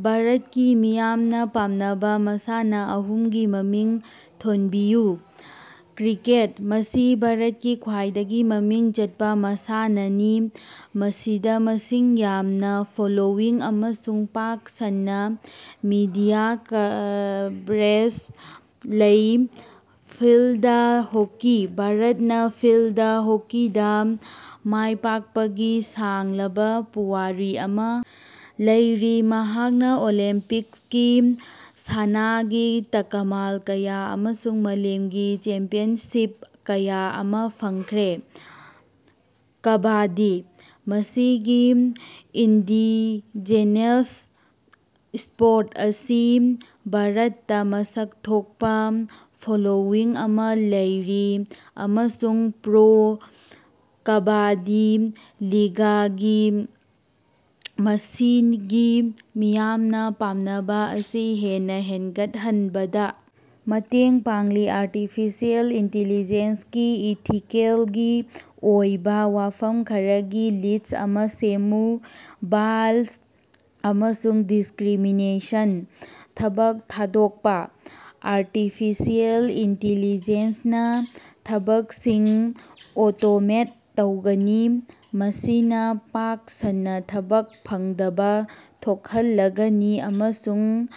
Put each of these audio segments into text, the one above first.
ꯚꯥꯔꯠꯀꯤ ꯃꯤꯌꯥꯝꯅ ꯄꯥꯝꯅꯕ ꯃꯁꯥꯟꯅꯥ ꯑꯍꯨꯝꯒꯤ ꯃꯃꯤꯡ ꯊꯣꯟꯕꯤꯌꯨ꯫ ꯀ꯭ꯔꯤꯀꯦꯠ: ꯃꯁꯤ ꯚꯥꯔꯠꯀꯤ ꯈ꯭ꯋꯥꯏꯗꯒꯤ ꯃꯃꯤꯡ ꯆꯠꯄ ꯃꯁꯥꯟꯅꯅꯤ, ꯃꯁꯤꯗ ꯃꯁꯤꯡ ꯌꯥꯝꯅ ꯐꯣꯂꯣꯋꯤꯡ ꯑꯃꯁꯨꯡ ꯄꯥꯛ ꯁꯟꯅ ꯃꯤꯗꯤꯌꯥ ꯀꯚꯔꯦꯖ ꯂꯩ꯫ ꯐꯤꯜꯗ ꯍꯣꯀꯤ: ꯚꯥꯔꯠꯅ ꯐꯤꯜꯗ ꯍꯣꯀꯤꯗ ꯃꯥꯏꯄꯥꯛꯄꯒꯤ ꯁꯥꯡꯂꯕ ꯄꯨꯋꯥꯔꯤ ꯑꯃ ꯂꯩꯔꯤ, ꯃꯍꯥꯛꯅ ꯑꯣꯂꯦꯝꯄꯤꯛꯁꯀꯤ ꯁꯅꯥꯒꯤ ꯇꯀꯃꯥꯟ ꯀꯌꯥ ꯑꯃꯁꯨꯡ ꯃꯥꯂꯦꯝꯒꯤ ꯆꯦꯝꯄꯤꯌꯟꯁꯤꯞ ꯀꯌꯥ ꯑꯃ ꯐꯪꯈ꯭ꯔꯦ꯫ ꯀꯕꯥꯗꯗꯤ: ꯃꯁꯤꯒꯤ ꯏꯟꯗꯤꯖꯦꯅꯁ ꯁ꯭ꯄꯣꯔꯠ ꯑꯁꯤ ꯚꯥꯔꯠꯇ ꯃꯁꯛ ꯊꯣꯛꯄ ꯐꯣꯂꯣꯋꯤꯡ ꯑꯃ ꯂꯩꯔꯤ, ꯑꯃꯁꯨꯡ ꯄ꯭ꯔꯣ ꯀꯕꯥꯗꯤ ꯂꯤꯒꯥꯒꯤ ꯃꯁꯤꯒꯤ ꯃꯤꯌꯥꯝꯅ ꯄꯥꯝꯅꯕ ꯑꯁꯤ ꯍꯦꯟꯅ ꯍꯦꯟꯒꯠꯍꯟꯕꯗ ꯃꯇꯦꯡ ꯄꯥꯡꯂꯤ꯫ ꯑꯥꯔꯇꯤꯐꯤꯁꯤꯑꯦꯜ ꯏꯟꯇꯤꯂꯤꯖꯦꯟꯁ ꯒꯤ ꯏꯊꯤꯀꯦꯜꯒꯤ ꯑꯣꯏꯕ ꯋꯥꯐꯝ ꯈꯔꯒꯤ ꯂꯤꯁ꯭ꯠ ꯑꯃ ꯁꯦꯝꯃꯨ꯫ ꯕꯥꯏꯁ ꯑꯃꯁꯨꯡ ꯗꯤꯁꯀ꯭ꯔꯤꯃꯤꯅꯦꯁꯟ: ꯊꯕꯛ ꯊꯥꯗꯣꯀꯄꯥ: ꯑꯥꯔꯇꯤꯐꯤꯁꯤꯑꯦꯜ ꯏꯟꯇꯤꯂꯤꯖꯦꯟꯁ ꯅ ꯊꯕꯛꯁꯤꯡ ꯑꯣꯇꯣꯃꯦꯠ ꯇꯧꯒꯅꯤ, ꯃꯁꯤꯅ ꯄꯥꯛ ꯁꯟꯅ ꯊꯕꯛ ꯐꯪꯗꯕ ꯊꯣꯛꯍꯜꯂꯒꯅꯤ ꯑꯃꯁꯨꯡ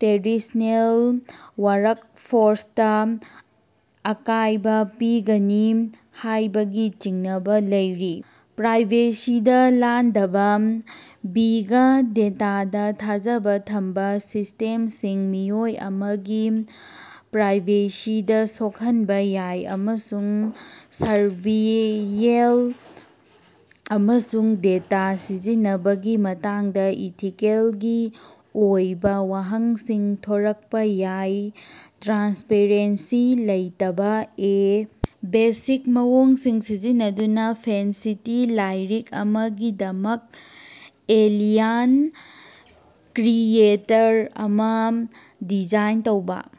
ꯇ꯭ꯔꯦꯗꯤꯁ꯭ꯅꯦꯜ ꯋꯥꯔꯛꯐꯣꯔꯁꯇ ꯑꯀꯥꯏꯕ ꯄꯤꯒꯅꯤ ꯍꯥꯏꯕꯒꯤ ꯆꯤꯡꯅꯕ ꯂꯩꯔꯤ꯫ ꯄ꯭ꯔꯥꯏꯚꯦꯁꯤꯗ ꯂꯥꯟꯗꯥꯕ: ꯕꯤꯒ ꯗꯦꯇꯥꯗ ꯊꯥꯖꯕ ꯊꯝꯕ ꯁꯤꯁꯇꯦꯝꯁꯤꯡꯅ ꯃꯤꯑꯣꯏ ꯑꯃꯒꯤ ꯄ꯭ꯔꯥꯏꯚꯦꯁꯤꯗ ꯁꯣꯛꯍꯟꯕ ꯌꯥꯏ ꯑꯃꯁꯨꯡ ꯁꯔꯚꯤꯂꯦꯟꯁ ꯑꯃꯁꯨꯡ ꯗꯦꯇꯥ ꯁꯤꯖꯤꯟꯅꯕꯒꯤ ꯃꯇꯥꯡꯗꯥ ꯏꯊꯤꯀꯦꯜꯒꯤ ꯑꯣꯏꯕꯥ ꯋꯥꯍꯪꯁꯤꯡ ꯊꯣꯔꯀꯄꯥ ꯌꯥꯏ꯫ ꯇ꯭ꯔꯥꯟꯁꯄꯔꯦꯟꯁꯤ ꯂꯩꯇꯕ: ꯑꯦ. ꯕꯦꯁꯤꯛ ꯃꯑꯣꯡꯁꯤꯡ ꯁꯤꯖꯤꯟꯅꯗꯨꯅ ꯐꯦꯟꯁꯤꯇꯤ ꯂꯥꯏꯔꯤꯛ ꯑꯃꯒꯤꯗꯃꯛ ꯑꯦꯂꯤꯌꯟ ꯀ꯭ꯔꯤꯌꯦꯇꯔ ꯑꯃ ꯗꯤꯖꯥꯏꯟ ꯇꯧꯕ꯫